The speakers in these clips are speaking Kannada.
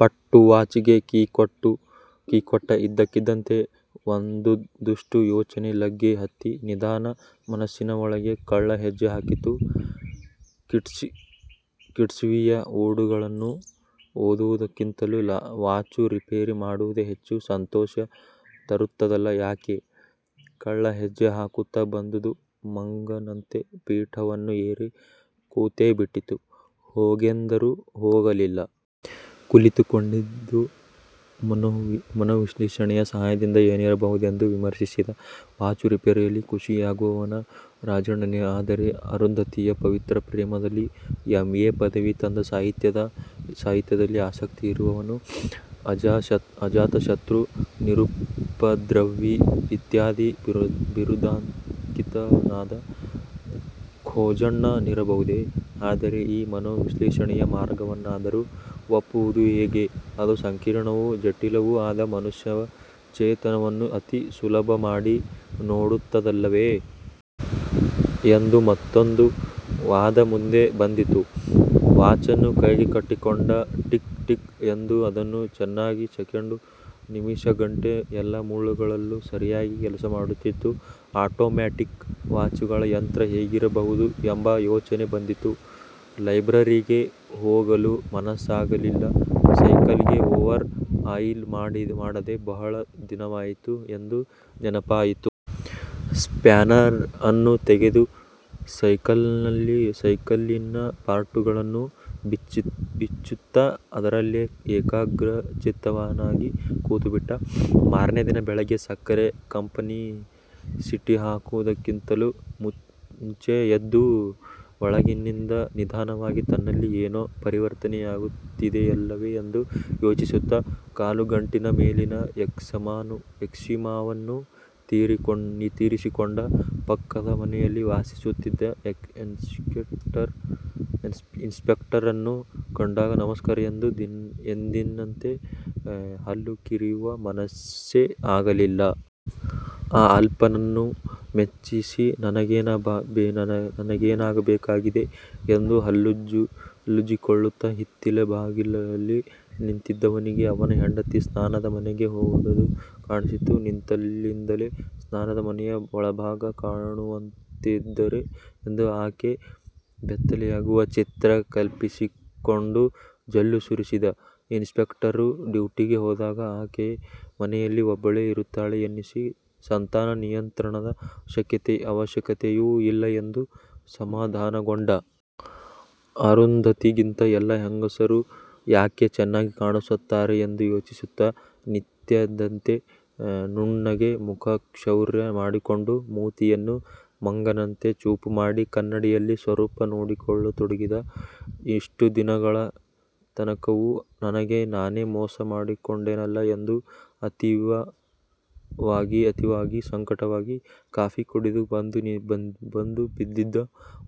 ಪಟ್ಟು ವಾಚಿಗೆ ಕೀ ಕೊಟ್ಟ. ಇದ್ದಕ್ಕಿದ್ದಂತೆ ಒಂದುದುಷ್ಟ ಯೋಚನೆ ಲಗ್ಗೆ ಹತ್ತಿ ನಿಧಾನ ಮನಸ್ಸಿನ ಒಳಗೆ ಕಳ್ಳ ಹೆಜ್ಜೆ ಹಾಕಿತು. "ಕೀಟ್ಸ್ಕವಿಯ 'ಓಡು'ಗಳನ್ನು ಓದುವುದಕ್ಕಿಂತಲೂ ವಾಚು ರಿಪೇರಿ ಮಾಡುವುದೇ ಹೆಚ್ಚು ಸಂತೋಷ ತರುತ್ತದಲ್ಲ, ಯಾಕೆ " ಕಳ್ಳ ಹೆಜ್ಜೆಹಾಕುತ್ತ ಬಂದುದು ಮಂಗನಂತೆ ಪೀಠವನ್ನೂ ಏರಿ ಕೂತೇಬಿಟ್ಟಿತು. ಹೋಗೆಂದರೂ ಹೋಗಲಿಲ್ಲ. ಕಲಿತುಕೊಂಡಿದ್ದ ಮನೋ ವಿಶ್ಲೇಷಣೆಯ ಸಹಾಯದಿಂದ ಏನಿರಬಹುದೆಂದು ವಿಮರ್ಶಿಸಿದ. "ವಾಚು ರಿಪೇರಿಯಲ್ಲಿ ಖುಷಿಯಾಗುವವನು ರಾಜಣ್ಣನೆ? ಆದರೆ ಅರುಂಧತಿಯ ಪವಿತ್ರ ಪ್ರೇಮದಲ್ಲಿ ಎಂ. ಎ. ಪದವಿ ತಂದ ಸಾಹಿತ್ಯದಲ್ಲಿ, ಆಸಕ್ತಿ ಇರುವವನು, ಅಜಾತಶತ್ರು, ನಿರುಪದ್ರವಿಇತ್ಯಾದಿ ಬಿರುದಾಂಕಿತನಾದ ಖೋಜಣ್ಣನಿರಬಹುದೆ?" ಆದರೆ ಈ ಮನೋವಿಶ್ಲೇಷಣೆಯ ಮಾರ್ಗವನ್ನಾದರೂ ಒಪ್ಪುವುದು ಹೇಗೆ? ಅದು ಸಂಕೀರ್ಣವೂ ಜಟಿಲವೂ ಆದ ಮನುಷ್ಯ ಚೇತನವನ್ನು ಅತಿ ಸುಲಭ ಮಾಡಿ ನೋಡುತ್ತದಲ್ಲವೆ? – ಎಂದು ಮತ್ತೊಂದು ವಾದ ಮುಂದೆ ಬಂದಿತು. ವಾಚನ್ನು ಕೈಗೆ ಕಟ್ಟಿಕೊಂಡ. 'ಟಿಕ್ ಟಿಕ್' ಎಂದು ಅದು ಚೆನ್ನಾಗಿ ಸೆಕೆಂಡು ನಿಮಿಷ ಗಂಟೆ ಎಲ್ಲ ಮುಳ್ಳುಗಳಲ್ಲೂ ಸರಿಯಾಗಿ ಕೆಲಸಮಾಡುತ್ತಿತ್ತು. ಆಟೋ ಮ್ಯಾಟಿಕ್ ವಾಚುಗಳ ಯಂತ್ರ ಹೇಗಿರಬಹುದು ಎಂಬ ಯೋಚನೆ ಬಂದಿತು. ಲೈಬ್ರರಿಗೆ ಹೋಗಲು ಮನಸ್ಸಾಗಲಿಲ್ಲ. ಸೈಕಲ್ಲಿಗೆ ಓವರ್ ಆಯಿಲ್ ಮಾಡದೆ ಬಹಳ ದಿನವಾಯಿತು ಎಂದು ನೆನಪಾಯಿತು. ಸ್ಪ್ಯಾನರನ್ನು ತೆಗೆದು ಸೈಕಲ್ಲಿನ ಪಾರ್ಟುಗಳನ್ನು ಬಿಚ್ಚುತ್ತ ಅದರಲ್ಲೆ ಏಕಾಗ್ರಚಿತ್ತನಾಗಿ ಕೂತುಬಿಟ್ಟ. ಮಾರನೆ ದಿನ ಬೆಳಿಗ್ಗೆ ಸಕ್ಕರೆ ಕಂಪೆನಿ ಸೀಟಿಹಾಕುವುದಕ್ಕಿಂತಲೂ ಮುಂಚೆ ಎದ್ದು ಒಳಗಿನಿಂದ ನಿಧಾನವಾಗಿ ತನ್ನಲ್ಲಿ ಏನೋ ಪರಿವರ್ತನೆಯಾಗುತ್ತಿದೆಯಲ್ಲವೇ ಎಂದು ಯೋಚಿಸುತ್ತ ಕಾಲುಗಂಟಿನ ಮೇಲಿನ ಎಕ್ಸಿಮಾವನ್ನು ತುರಿಸಿಕೊಂಡ. ಪಕ್ಕದ ಮನೆಯಲ್ಲಿ ವಾಸಿಸುತ್ತಿದ್ದ ಇನ್ಸ್ಪೆಕ್ಟರನ್ನು ಕಂಡಾಗ ನಮಸ್ಕಾರ ಎಂದು ಎಂದಿನಂತೆ ಹಲ್ಲು ಕಿರಿಯುವ ಮನಸ್ಸೇ ಆಗಲಿಲ್ಲ. ಆ ಅಲ್ಪನನ್ನು ಮೆಚ್ಚಿಸಿ ನನಗೇನಾಗಬೇಕಾಗಿದೆ ಎಂದು ಹಲ್ಲುಜ್ಜಿಕೊಳ್ಳುತ್ತ ಹಿತ್ತಿಲ ಬಾಗಲಲ್ಲಿ ನಿಂತಿದ್ದವನಿಗೆ ಅವರ ಹೆಂಡತಿ ಸ್ನಾನದ ಮನೆಗೆ ಹೋದುದು ಕಾಣಿಸಿತು. ನಿಂತಲ್ಲಿಂದಲೇ ಸ್ನಾನದ ಮನೆಯ ಒಳಭಾಗ ಕಾಣುವಂತಿದ್ದರೆ ಎಂದು ಆಕೆ ಬೆತ್ತಲೆಯಾಗುವ ಚಿತ್ರ ಕಲ್ಪಿಸಿಕೊಂಡು ಜೊಲ್ಲು ಸುರಿಸಿದ. ಇನ್ಸ್ಪೆಕ್ಟರರು ಡ್ಯೂಟಿಗೆ ಹೋದಾಗ ಆಕೆ ಮನೆಯಲ್ಲಿ ಒಬ್ಬಳೇ ಇರುತ್ತಾಳೆ ಎನ್ನಿಸಿ ಸಂತಾನ ನಿಯಂತ್ರಣದ ಅವಶ್ಯಕತೆಯೂ ಇಲ್ಲ ಎಂದು ಸಮಾಧಾನಗೊಂಡ. ಅರುಂಧತಿಗಿಂತ ಎಲ್ಲ ಹೆಂಗಸರೂ ಯಾಕೆ ಚೆನ್ನಾಗಿ ಕಾಣಿಸುತ್ತಾರೆಂದು ಯೋಚಿಸುತ್ತ ನಿತ್ಯದಂತೆ ನುಣ್ಣಗೆ ಮುಖಕ್ಷೌರ ಮಾಡಿಕೊಂಡು. ಮೂತಿಯನ್ನು ಮಂಗನಂತೆ ಚೂಪುಮಾಡಿ ಕನ್ನಡಿಯಲ್ಲಿ ಸ್ವರೂಪ ನೋಡಿಕೊಳ್ಳತೊಡಗಿದ ಇಷ್ಟು ದಿನಗಳ ತನಕವೂ ನನಗೆ ನಾನೇ ಮೋಸ ಮಾಡಿಕೊಂಡೆನಲ್ಲಾ ಎಂದು ಅತೀವವಾಗಿ ಸಂಕಟವಾಗಿ ಕಾಫಿ ಕುಡಿದು ಬಂದು ಬಿದ್ದಿದ್ದ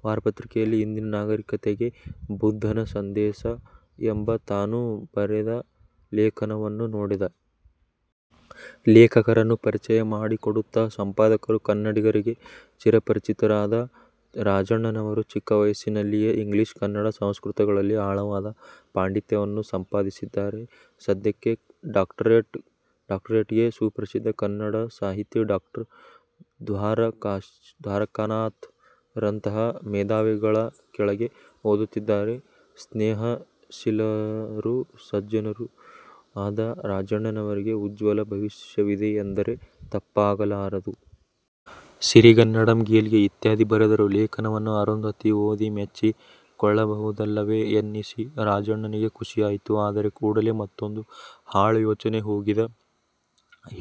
ವಾರಪತ್ರಿಕೆಯಲ್ಲಿ 'ಇಂದಿನ ನಾಗರಿಕತೆಗೆ ಬುದ್ಧನ ಸಂದೇಸ' ಎಂಬ ತಾನು ಬರೆದ ಲೇಖನವನ್ನು ನೋಡಿದ. ಲೇಖಕರನ್ನು ಪರಿಚಯ ಮಾಡಿಕೊಡುತ್ತ ಸಂಪಾದಕರು, "ಕನ್ನಡಿಗರಿಗೆ ಚಿರಪರಿಚಿತರಾದ ರಾಜಣ್ಣನವರು ಚಿಕ್ಕ ವಯಸ್ಸಿನಲ್ಲಿಯೇ ಇಂಗ್ಲಿಷ್ ಕನ್ನಡ ಸಂಸ್ಕೃತಗಳಲ್ಲಿ ಆಳವಾದ ಪಾಂಡಿತ್ಯವನ್ನು ಸಂಪಾದಿಸಿದ್ದಾರೆ ಸದ್ಯಕ್ಕೆ ಡಾಕ್ಟರೇಟ್ಗೆ ಸುಪ್ರಸಿದ್ಧ ಕನ್ನಡ ಸಾಹಿತಿ ಡಾಕ್ಟರ್ ದ್ವಾರಕಾನಾಥರಂತಹ ಮೇಧಾವಿಗಳ ಕೆಳಗೆ ಓದುತ್ತಿದ್ದಾರೆ ಸ್ನೇಹಶೀಲರೂ ಸಜ್ಜನರೂ ಆದ ರಾಜಣ್ಣನವರಿಗೆ ಉಜ್ವಲ ಭವಿಷ್ಯವಿದೆ ಎಂದರೆ ತಪ್ಪಾಗಲಾರದು. ಸಿರಿಗನ್ನಡಂಗೆಲ್ಗೆ ' ಇತ್ಯಾದಿ ಬರೆದಿದ್ದರು. ಲೇಖನವನ್ನು ಅರುಂಧತಿ ಓದಿ ಮೆಚ್ಚಿ ಕೊಳ್ಳಬಹುದಲ್ಲವೆ ಎನ್ನಿಸಿ ರಾಜಣ್ಣನಿಗೆ ಖುಷಿಯಾಯಿತು. ಆದರೆ ಕೂಡಲೇ ಮತ್ತೊಂದು ಹಾಳು ಯೋಚನೆ ಹುಗಿದ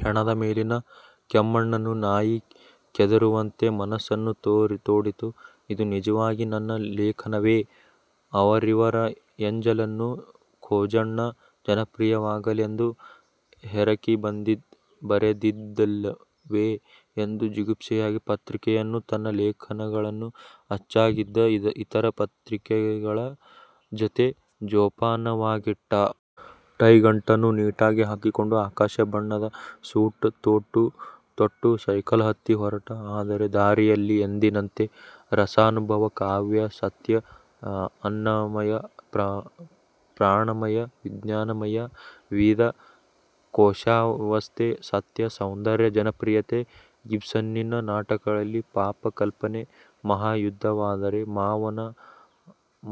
ಹೆಣದ ಮೇಲಿನ ಕೆಮ್ಮಣ್ಣನ್ನು ನಾಯಿ ಕೆದರುವಂತೆ ಮನಸ್ಸನ್ನು ತೋಡಿತು. "ಇದು ನಿಜವಾಗಿ ನನ್ನ ಲೇಖನವೆ? ಅವರಿವರ ಎಂಜಲನ್ನು ಖೋಜಣ್ಣ ಜನಪ್ರಿಯವಾಗಲೆಂದು ಹೆರಕಿ ಬರೆದಿದ್ದಲ್ಲವೆ" ಎಂದು ಜಿಗುಪ್ಸೆಯಾಗಿ ಪತ್ರಿಕೆಯನ್ನು ತನ್ನ ಲೇಖನಗಳನ್ನು ಅಚ್ಚಾಗಿದ್ದ ಇತರ ಪತ್ರಿಕೆಗಳ ಜೊತೆ ಜೋಪಾನವಾಗಿಟ್ಟ. ಟೈ ಗಂಟನ್ನು ನೀಟಾಗಿ ಹಾಕಿಕೊಂಡು ಆಕಾಶಬಣ್ಣದ ಸೂಟ್ ತೊಟ್ಟು ಸೈಕಲ್ ಹತ್ತಿ ಹೊರಟ. ಆದರೆ ದಾರಿಯಲ್ಲಿ ಎಂದಿನಂತೆ "ರಸಾನುಭವ ಕಾವ್ಯ ಸತ್ಯ ಅನ್ನಮಯ ಪ್ರಾಣಮಯ ವಿಜ್ಞಾನಮಯ ವಿವಿಧ ಕೋಶಾವಸ್ಥೆ ಸತ್ಯ, ಸೌಂದರ್ಯ ಜನಪ್ರಿಯತೆ ಇಬ್ಸನ್ನಿನ ನಾಟಕಗಳಲ್ಲಿ ಪಾಪ ಕಲ್ಪನೆ, ಮಹಾಯುದ್ಧವಾದರೆ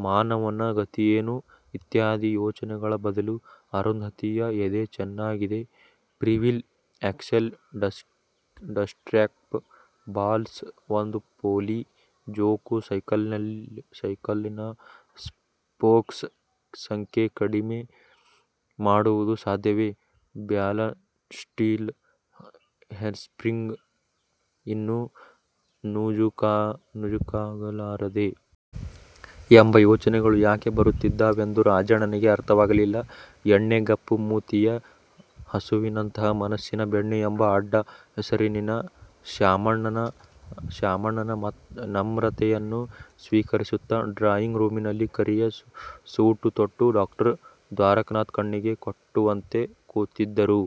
ಮಾನವನ ಗತಿಯೇನು? " ಇತ್ಯಾದಿ ಯೋಚನೆಗಳ ಬದಲು "ಅರುಂಧತಿಯ ಎದೆ ಚೆನ್ನಾಗಿದೆ – ಫ್ರಿವೀಲ್, ಆಕ್ಸೆಲ್, ಡಸ್ಟ್ಕ್ಯಾಪ್, ಬಾಲ್ಸ್, ಒಂದು ಪೋಲಿ ಜೋಕು, ಸೈಕಲ್ಲಿನ ಸ್ಪೋಕ್ಸ್ ಸಂಖ್ಯೆ ಕಡಿಮೆ ಮಾಡುವುದು ಸಾಧ್ಯವೆ; ಬ್ಯಾಲನ್ಸ್ವೀಲ್ ಹೇರ್ಸ್ಪ್ರಿಂಗ್ ಇನ್ನೂ ನೂಜೂಕಾಗಲಾರದೆ? " ಎಂಬ ಯೋಚನೆಗಳು ಯಾಕೆ ಬರುತ್ತಿದ್ದಾವೆಂದು ರಾಜಣ್ಣನಿಗೆ ಅರ್ಥವಾಗಲಿಲ್ಲ. ಎಣ್ಣೆಗಪ್ಪು ಮೂತಿಯ ಹಸುವಿನಂತಹ ಮನಸ್ಸಿನ 'ಬೆಣ್ಣೆ' ಎಂಬ ಅಡ್ಡ ಹೆಸರಿನ ಶಾಮಣ್ಣನ ನಮ್ರತೆಯನ್ನು ಸ್ವೀಕರಿಸುತ್ತ ಡ್ರಾಯಿಂಗ್ ರೂಮಿನಲ್ಲಿ ಕರಿಯ ಸೂಟು ತೊಟ್ಟು ಡಾಕ್ಟರ್ ದ್ವಾರಕನಾಥ ಕಣ್ಣಿಗೆ ಕಟ್ಟುವಂತೆ ಕೂತಿದ್ದರು.